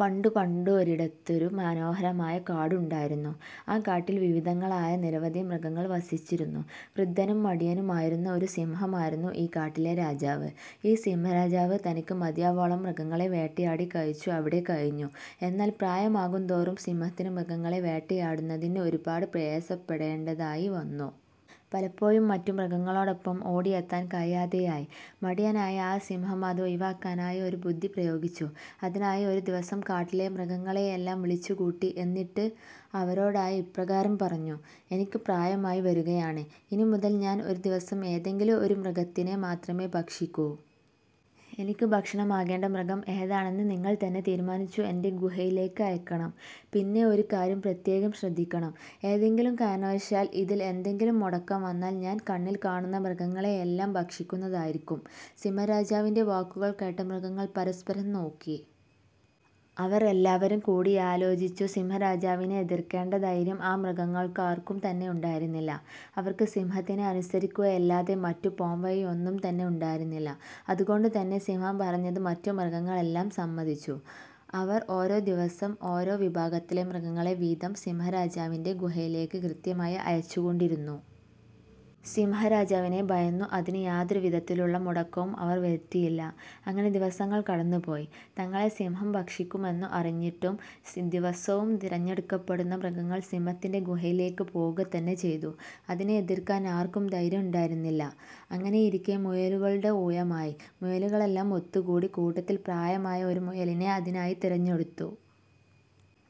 പണ്ടു പണ്ടു ഒരിടത്തൊരു മനോഹരമായ കാട് ഉണ്ടായിരുന്നു. ആ കാട്ടിൽ വിവിധങ്ങളായ നിരവധി മൃഗങ്ങൾ വസിച്ചിരുന്നു. വൃദ്ധനും മടിയനുമായിരുന്ന ഒരു സിംഹമായിരുന്നു ഈ കാട്ടിലെ രാജാവ്. ഈ സിംഹരാജാവ് തനിക്ക് മതിയാവോളം മൃഗങ്ങളെ വേട്ടയാടി കഴിച്ചു അവിടെ കഴിഞ്ഞു. എന്നാൽ പ്രായമാകുന്തോറും സിംഹത്തിനു മൃഗങ്ങളെ വേട്ടയാടുന്നതിന് ഒരുപാട് പ്രയാസപ്പെടേണ്ടതായി വന്നു. പലപ്പോഴും മറ്റു മൃഗങ്ങളോടൊപ്പം ഓടി എത്താൻ കഴിയാതെയായി. മടിയനായ ആ സിംഹം അത് ഒഴിവാക്കാനായി ഒരു ബുദ്ധി പ്രയോഗിച്ചു. അതിനായി ഒരു ദിവസം കാട്ടിലെ മൃഗങ്ങളെയെല്ലാം വിളിച്ചു കൂട്ടി. എന്നിട്ട് അവരോടായി ഇപ്രകാരം പറഞ്ഞു. "എനിക്ക് പ്രായമായി വരുകയാണ്. ഇനി മുതൽ ഞാൻ ഒരു ദിവസം ഏതെങ്കിലും ഒരു മൃഗത്തിനെ മാത്രമേ ഭക്ഷിക്കൂ. എനിക്ക് ഭക്ഷണമാകേണ്ട മൃഗം ഏതാണെന്ന് നിങ്ങൾ തന്നെ തീരുമാനിച്ചു എന്റെ ഗുഹയിലേക്ക് അയക്കണം. പിന്നെ ഒരു കാര്യം പ്രത്യകം ശ്രദ്ധിക്കണം. ഏതെങ്കിലും കാരണവശാൽ ഇതിൽ എന്തെങ്കിലും മുടക്കം വന്നാൽ ഞാൻ കണ്ണിൽ കാണുന്ന മൃഗങ്ങളെയെല്ലാം ഭക്ഷിക്കുന്നതായിരിക്കും. " സിംഹരാജാവിന്റെ വാക്കുകൾ കേട്ട മൃഗങ്ങൾ പരസ്പരം നോക്കി. അവർ എല്ലാവരും കൂടിയാലോചിച്ചു. സിംഹരാജാവിനെ എതിർക്കേണ്ട ധൈര്യം ആ മൃഗങ്ങൾക്കാർക്കും തന്നെ ഉണ്ടായിരുന്നില്ല. അവർക്ക് സിംഹത്തിനെ അനുസരിക്കുകയല്ലാതെ മറ്റു പോംവഴി ഒന്നും തന്നെ ഉണ്ടായിരുന്നില്ല. അതുകൊണ്ടു തന്നെ സിംഹം പറഞ്ഞത് മറ്റു മൃഗങ്ങളെല്ലാം സമ്മതിച്ചു. അവർ ഓരോ ദിവസം ഓരോ വിഭാഗത്തിലെ മൃഗങ്ങളെ വീതം സിംഹാരാജാവിന്റെ ഗുഹയിലേക്ക് കൃത്യമായി അയച്ചു കൊണ്ടിരുന്നു. സിംഹാരാജാവിനെ ഭയന്നു അതിനു യാതൊരു വിധത്തിലുള്ള മുടക്കവും അവർ വരുത്തിയില്ല. അങ്ങനെ ദിവസങ്ങൾ കടന്നു പോയി. തങ്ങളെ സിംഹം ഭക്ഷിക്കുമെന്നു അറിഞ്ഞിട്ടും ദിവസവും തിരഞ്ഞെടുക്കപ്പെടുന്ന മൃഗങ്ങൾ സിംഹത്തിന്റെ ഗുഹയിലേക്ക് പോകുക തന്നെ ചെയ്തു. അതിനെ എതിർക്കാൻ ആർക്കും ധൈര്യം ഉണ്ടായിരുന്നില്ല. അങ്ങനെയിരിക്കെ മുയലുകളുടെ ഊഴമായി. മുയലുകളെല്ലാം ഒത്തുകൂടി കൂട്ടത്തിൽ പ്രായമായ ഒരു മുയലിനെ അതിനായി തിരഞ്ഞെടുത്തു.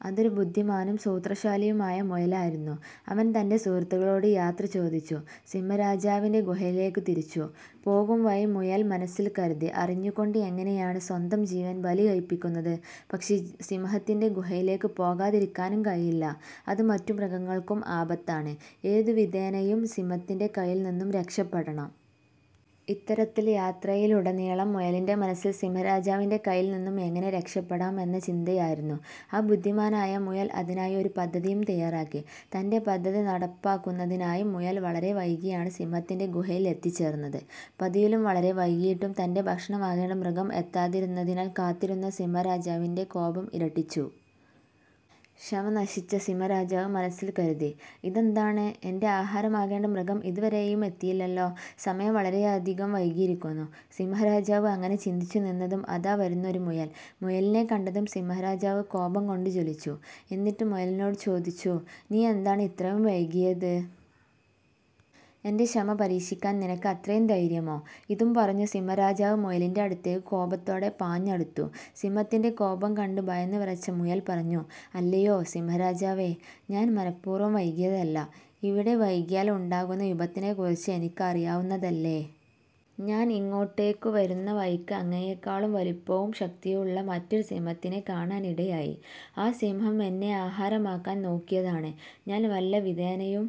അതൊരു ബുദ്ധിമാനും സൂത്രശാലിയുമായ മുയലായിരുന്നു. അവൻ തന്റെ സുഹൃത്തുക്കളോട് യാത്ര ചോദിച്ചു സിംഹരാജാവിന്റെ ഗുഹയിലേക്കു തിരിച്ചു. പോകും വഴി മുയൽ മനസ്സിൽ കരുതി "അറിഞ്ഞുകൊണ്ട് എങ്ങനെയാണ് സ്വന്തം ജീവൻ ബലി കഴിപ്പിക്കുന്നത്. പക്ഷേ സിംഹത്തിന്റെ ഗുഹയിലേക്ക് പോകാതിരിക്കാനും കഴിയില്ല. അത് മറ്റു മൃഗങ്ങൾക്കും ആപത്താണ്. ഏതു വിധേനയും സിംഹത്തിന്റെ കൈയിൽ നിന്നും രക്ഷപ്പെടണം. " ഇത്തരത്തിൽ യാത്രയിലുട നീളം മുയലിന്റെ മനസ്സിൽ സിംഹരാജാവിന്റെ കൈയിൽ നിന്നും എങ്ങനെ രക്ഷപ്പെടാം എന്ന ചിന്തയായിരുന്നു. ആ ബുദ്ധിമാനായ മുയൽ അതിനായി ഒരു പദ്ധതിയും തയ്യാറാക്കി. തന്റെ പദ്ധതി നടപ്പിലാക്കുന്നതിനായി മുയൽ വളരെ വൈകിയാണ് സിംഹത്തിന്റെ ഗുഹയിൽ എത്തിച്ചേർന്നത്. പതിവിലും വളരെ വൈകിയിട്ടും തന്റെ ഭക്ഷണമാകേണ്ട മൃഗം എത്താതിരുന്നതിനാൽ കാത്തിരുന്ന സിംഹാരാജാവിന്റെ കോപം ഇരട്ടിച്ചു. ക്ഷമ നശിച്ച സിംഹരാജാവ് മനസ്സിൽ കരുതി "ഇതെന്താണ് എന്റെ ആഹാരമാകേണ്ട മൃഗം ഇതുവരെയും എത്തിയില്ലലോ. സമയം വളരെയധികം വൈകിയിരിക്കുന്നു. " സിംഹരാജാവ് അങ്ങനെ ചിന്തിച്ചു നിന്നതും അതാ വരുന്നു ഒരു മുയൽ. മുയലിനെ കണ്ടതും സിംഹരാജാവ് കോപം കൊണ്ട് ജ്വലിച്ചു. എന്നിട്ട് മയലിനോട് ചോദിച്ചു. "നീ എന്താണ് ഇത്രയും വൈകിയത്? എന്റെ ക്ഷമ പരീക്ഷിക്കാൻ നിനക്ക് അത്രയും ധൈര്യമോ? " ഇതും പറഞ്ഞു സിംഹരാജാവ് മുയലിന്റെ അടുത്തേക്ക് കോപത്തോടെ പാഞ്ഞടുത്തു. സിംഹത്തിന്റെ കോപം കണ്ട് ഭയന്നു വിറച്ച മുയൽ പറഞ്ഞു. "അല്ലയോ സിംഹരാജാവേ, ഞാൻ മനഃപൂർവം വൈകിയതല്ല. ഇവിടെ വൈകിയാൽ ഉണ്ടാകുന്ന വിപത്തിനെ കുറിച്ച് എനിക്ക് അറിയാവുന്നതല്ലേ. ഞാൻ ഇങ്ങോട്ടേക്കു വരുന്ന വഴിക്ക് അങ്ങയെക്കാളും വലിപ്പവും ശക്തിയുള്ള മറ്റൊരു സിംഹത്തിനെ കാണാൻ ഇടയായി. ആ സിംഹം എന്നെ ആഹാരമാക്കാൻ നോക്കിയതാണ്. ഞാൻ വല്ല വിധേനയും